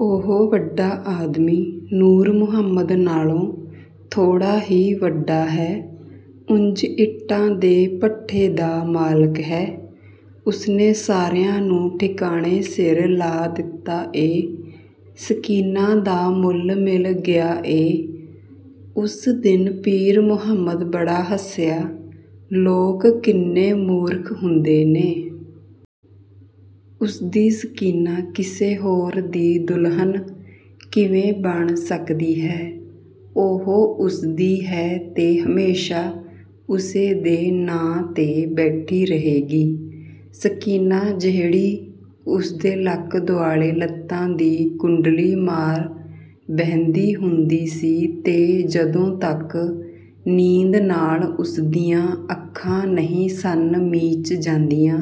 ਉਹ ਵੱਡਾ ਆਦਮੀ ਨੂਰ ਮੁਹੰਮਦ ਨਾਲੋਂ ਥੋੜ੍ਹਾ ਹੀ ਵੱਡਾ ਹੈ। ਉਂਜ ਇੱਟਾਂ ਦੇ ਭੱਠੇ ਦਾ ਮਾਲਕ ਹੈ। ਉਸਨੇ ਸਾਰਿਆਂ ਨੂੰ ਠਿਕਾਣੇ ਸਿਰ ਲਾ ਦਿੱਤਾ ਏ। ਸਕੀਨਾ ਦਾ ਮੁੱਲ ਮਿਲ ਗਿਆ ਏ। ਉਸ ਦਿਨ ਪੀਰ ਮੁਹੰਮਦ ਬੜਾ ਹੱਸਿਆ, ਲੋਕ ਕਿੰਨੇ ਮੂਰਖ ਹੁੰਦੇ ਨੇ। ਉਸਦੀ ਸਕੀਨਾ ਕਿਸੇ ਹੋਰ ਦੀ ਦੁਲਹਨ ਕਿਵੇਂ ਬਣ ਸਕਦੀ ਹੈ। ਉਹ ਉਸਦੀ ਹੈ ਤੇ ਹਮੇਸ਼ਾ ਉਸੇ ਦੇ ਨਾਂ 'ਤੇ ਬੈਠੀ ਰਹੇਗੀ। ਸਕੀਨਾ ਜਿਹੜੀ ਉਸਦੇ ਲੱਕ ਦੁਆਲੇ ਲੱਤਾਂ ਦੀ ਕੁੰਡਲੀ ਮਾਰ ਬਹਿੰਦੀ ਹੁੰਦੀ ਸੀ ਤੇ ਜਦੋਂ ਤੱਕ ਨੀਂਦ ਨਾਲ ਉਸਦੀਆਂ ਅੱਖਾਂ ਨਹੀਂ ਸਨ ਮੀਚ ਜਾਂਦੀਆਂ,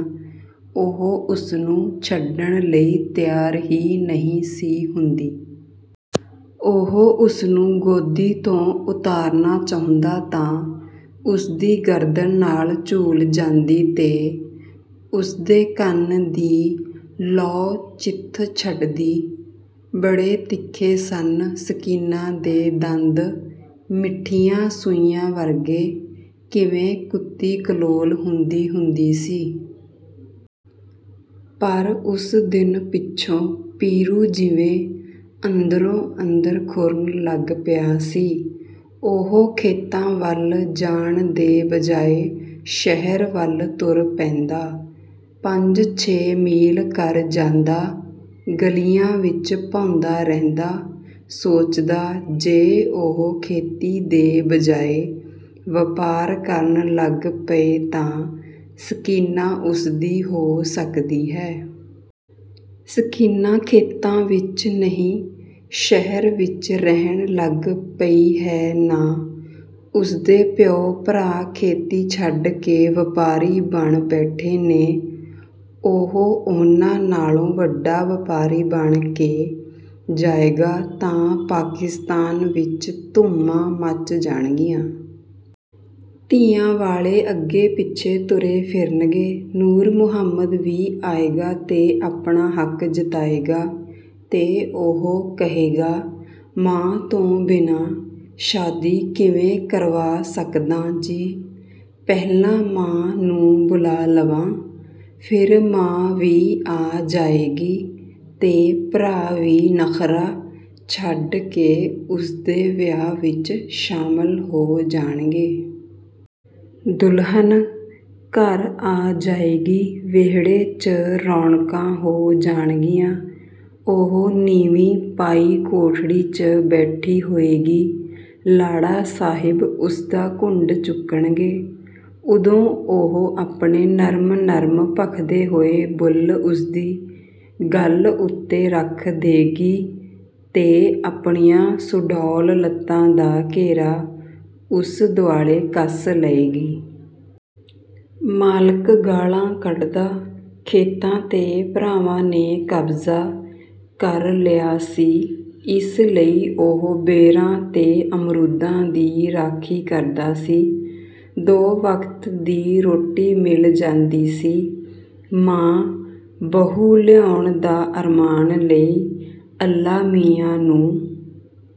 ਉਹ ਉਸਨੂੰ ਛੱਡਣ ਲਈ ਤਿਆਰ ਹੀ ਨਹੀਂ ਸੀ ਹੁੰਦੀ। ਉਹ ਉਸਨੂੰ ਗੋਦੀ ਤੋਂ ਉਤਾਰਨਾ ਚਾਹੁੰਦਾ ਤਾਂ ਉਸਦੀ ਗਰਦਨ ਨਾਲ ਝੂਲ ਜਾਂਦੀ ਤੇ ਉਸਦੇ ਕੰਨ ਦੀ ਲੌ ਚਿੱਥ ਛੱਡਦੀ। ਬੜੇ ਤਿੱਖੇ ਸਨ, ਸਕੀਨਾ ਦੇ ਦੰਦ ਮਿੱਠੀਆਂ ਸੂਈਆਂ ਵਰਗੇ ਕਿਵੇਂ ਕੁੱਤੀ-ਕਲੋਲ ਹੁੰਦੀ ਹੁੰਦੀ ਸੀ। ਪਰ ਉਸ ਦਿਨ ਪਿੱਛੋਂ ਪੀਰੂ ਜਿਵੇਂ ਅੰਦਰੋਂ ਅੰਦਰ ਖੁਰਨ ਲੱਗ ਪਿਆ ਸੀ। ਉਹ ਖੇਤਾਂ ਵੱਲ ਜਾਣ ਦੇ ਬਜਾਏ ਸ਼ਹਿਰ ਵੱਲ ਤੁਰ ਪੈਂਦਾ। ਪੰਜ-ਛੇ ਮੀਲ ਕਰ ਜਾਂਦਾ। ਗਲੀਆਂ ਵਿੱਚ ਭੌਂਦਾ ਰਹਿੰਦਾ। ਸੋਚਦਾ, ਜੇ ਉਹ ਖੇਤੀ ਦੇ ਬਜਾਏ ਵਪਾਰ ਕਰਨ ਲੱਗ ਪਏ ਤਾਂ ਸਕੀਨਾ ਉਸਦੀ ਹੋ ਸਕਦੀ ਹੈ। ਸਕੀਨਾ ਖੇਤਾਂ ਵਿੱਚ ਨਹੀਂ ਸ਼ਹਿਰ ਵਿੱਚ ਰਹਿਣ ਲੱਗ ਪਈ ਹੈ ਨਾ। ਉਸਦੇ ਪਿਓ-ਭਰਾ ਖੇਤੀ ਛੱਡ ਕੇ ਵਪਾਰੀ ਬਣ ਬੈਠੇ ਨੇ। ਉਹ ਉਹਨਾਂ ਨਾਲੋਂ ਵੱਡਾ ਵਪਾਰੀ ਬਣ ਕੇ ਜਾਏਗਾ ਤਾਂ ਪਾਕਿਸਤਾਨ ਵਿੱਚ ਧੂਮਾਂ ਮੱਚ ਜਾਣਗੀਆਂ। ਧੀਆਂ ਵਾਲੇ ਅੱਗੇ-ਪਿੱਛੇ ਤੁਰੇ ਫਿਰਨਗੇ। ਨੂਰ ਮੁਹੰਮਦ ਵੀ ਆਏਗਾ ਤੇ ਆਪਣਾ ਹੱਕ ਜਤਾਏਗਾ ਤੇ ਉਹ ਕਹੇਗਾ,"ਮਾਂ ਤੋਂ ਬਿਨਾਂ ਸ਼ਾਦੀ ਕਿਵੇਂ ਕਰਵਾ ਸਕਦਾਂ ਜੀ, ਪਹਿਲਾਂ ਮਾਂ ਨੂੰ ਬੁਲਾ ਲਵਾਂ।"ਫਿਰ ਮਾਂ ਵੀ ਆ ਜਾਏਗੀ ਤੇ ਭਰਾ ਵੀ ਨਖ਼ਰਾ ਛੱਡ ਕੇ ਉਸਦੇ ਵਿਆਹ ਵਿੱਚ ਸ਼ਾਮਲ ਹੋ ਜਾਣਗੇ। ਦੁਲਹਨ ਘਰ ਆ ਜਾਏਗੀ। ਵਿਹੜੇ 'ਚ ਰੌਣਕਾਂ ਹੋ ਜਾਣਗੀਆਂ। ਉਹ ਨੀਵੀਂ ਪਾਈ ਕੋਠੜੀ 'ਚ ਬੈਠੀ ਹੋਏਗੀ। ਲਾੜਾ ਸਾਹਿਬ ਉਸਦਾ ਘੁੰਡ ਚੁੱਕਣਗੇ। ਉਦੋਂ ਉਹ ਆਪਣੇ ਨਰਮ-ਨਰਮ ਭਖਦੇ ਹੋਏ ਬੁੱਲ੍ਹ ਉਸਦੀ ਗੱਲ੍ਹ ਉੱਤੇ ਰੱਖ ਦੇਗੀ ਤੇ ਆਪਣੀਆਂ ਸੁਡੌਲ ਲੱਤਾਂ ਦਾ ਘੇਰਾ ਉਸ ਦੁਆਲੇ ਕੱਸ ਲਏਗੀ। ਮਾਲਕ ਗਾਲ੍ਹਾਂ ਕੱਢਦਾ। ਖੇਤਾਂ 'ਤੇ ਭਰਾਵਾਂ ਨੇ ਕਬਜ਼ਾ ਕਰ ਲਿਆ ਸੀ, ਇਸ ਲਈ ਉਹ ਬੇਰਾਂ ਤੇ ਅਮਰੂਦਾਂ ਦੀ ਰਾਖੀ ਕਰਦਾ ਸੀ। ਦੋ ਵਕਤ ਦੀ ਰੋਟੀ ਮਿਲ ਜਾਂਦੀ ਸੀ। ਮਾਂ, ਬਹੂ ਲਿਆਉਣ ਦਾ ਅਰਮਾਨ ਲਈ ਅੱਲਾ ਮੀਆਂ ਨੂੰ।